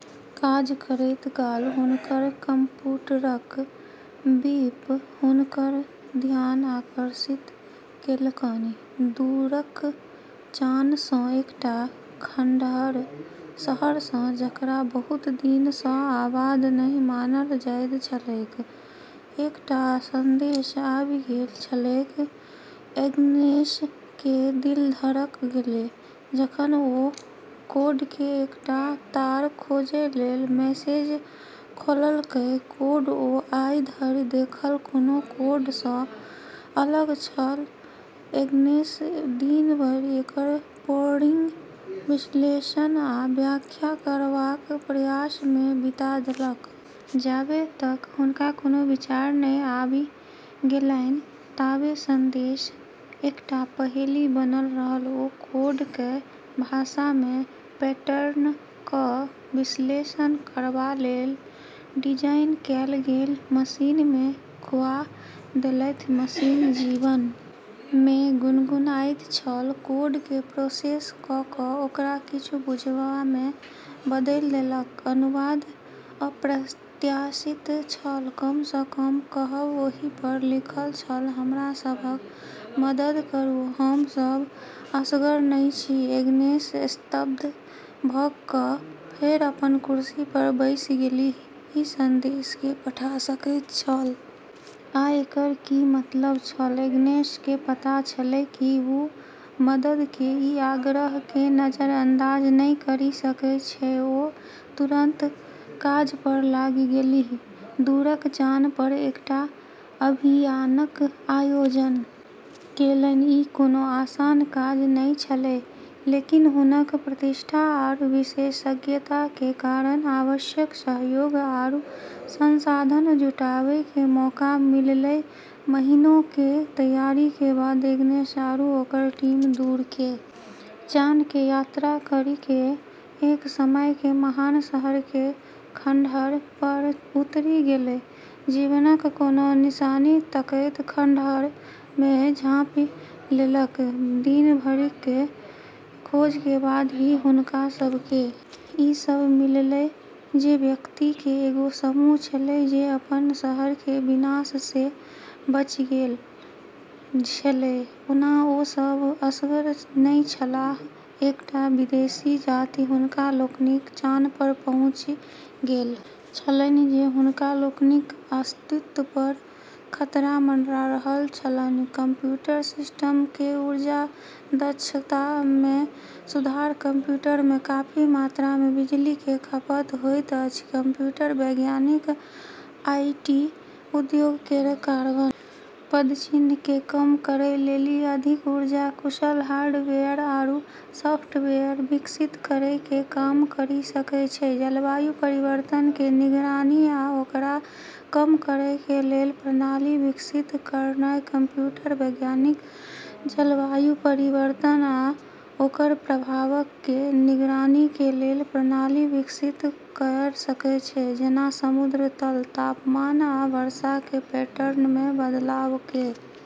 काज करैत काल हुनकर कम्प्यूटरक बीप हुनकर ध्यान आकर्षित केलकनि, दूरक चान सँ एकटा खंडहर शहर सँ जेकरा बहुत दिन सँ आबाद नहि मानल जाइत छलैक, एकटा संदेश आबि गेल छलैक, एग्नेस के दिल धड़क गेलै जखन ओ कोड के एकटा तार खोजय लेल मैसेज खोललकै कोड ओ आइ धरि देखल कोनो कोड स अलग छल, एग्नेस दिन भरि एकर पोरिंग, विश्लेषण आ व्याख्या करबाक प्रयास मे बिता देलक। जाबे तक हुनका कोनो विचार नै आबि गेलैन ताबे संदेश एकटा पहेली बनल रहल ओ कोड कए भाषा मे पैटर्न क विश्लेषण करबा लेल डिजाइन कैल गेल मशीन मे खुआ देलथि, मशीन जीवन मे गुनगुनाइत छल, कोड के प्रोसेस क क ओकरा किछु बुझबा मे बदलि देलक, अनुवाद अप्रत्याशित छल, कम स कम कहब, ओहि पर लिखल छल हमरा सभक मदद करू, हम सभ असगर नहि छी, एग्नेस स्तब्ध भ क फेर अपन कुर्सी पर बैसि गेलीह, ई संदेश के पठा सकैत छल? आ एकर की मतलब छल? एग्नेस के पता छेलै कि वू मदद के ई आग्रह के नजरअंदाज नै करी सकै छै ओ तुरंत काज पर लागि गेलीह, दूरक चान पर एकटा अभियानक आयोजन केलनि ई कोनो आसान काज नै छेलै, लेकिन हुनकऽ प्रतिष्ठा आरू विशेषज्ञता के कारण आवश्यक सहयोग आरू संसाधन जुटाबै के मौका मिललै, महीनों के तैयारी के बाद एग्नेस आरू ओकरऽ टीम दूर के चान के यात्रा करी के एक समय के महान शहर के खंडहर पर उतरी गेलै, जीवनक कोनो निशानी तकैत खंडहर मे झाँपि लेलक दिन भर के खोज के बाद ही हुनका सब के ई सब मिललै जे व्यक्ति के एगो समूह छेलै जे अपनऽ शहर के विनाश से बची गेलऽ छेलै ओना ओ सभ असगर नहि छलाह, एकटा विदेशी जाति हुनका लोकनिक चान पर पहुँचि गेल छलनि जे हुनका लोकनिक अस्तित्व पर खतरा मंडरा रहल छलनि, कम्प्यूटर सिस्टम के ऊर्जा दक्षता में सुधार कम्प्यूटर में काफी मात्रा में बिजली के खपत होइत अछि कंप्यूटर वैज्ञानिक आईटी उद्योग केरऽ कार्बन पदचिह्न के कम करै लेली अधिक ऊर्जा कुशल हार्डवेयर आरू सॉफ्टवेयर विकसित करै के काम करी सकै छै, जलवायु परिवर्तन कें निगरानी आ ओकरा कम करय कें लेल प्रणाली विकसित करनाय कंप्यूटर वैज्ञानिक जलवायु परिवर्तन आ ओकर प्रभावक कें निगरानी कें लेल प्रणाली विकसित कयर सकय छै जेना समुद्र तल, तापमान आ वर्षा कें पैटर्न मे बदलाव के।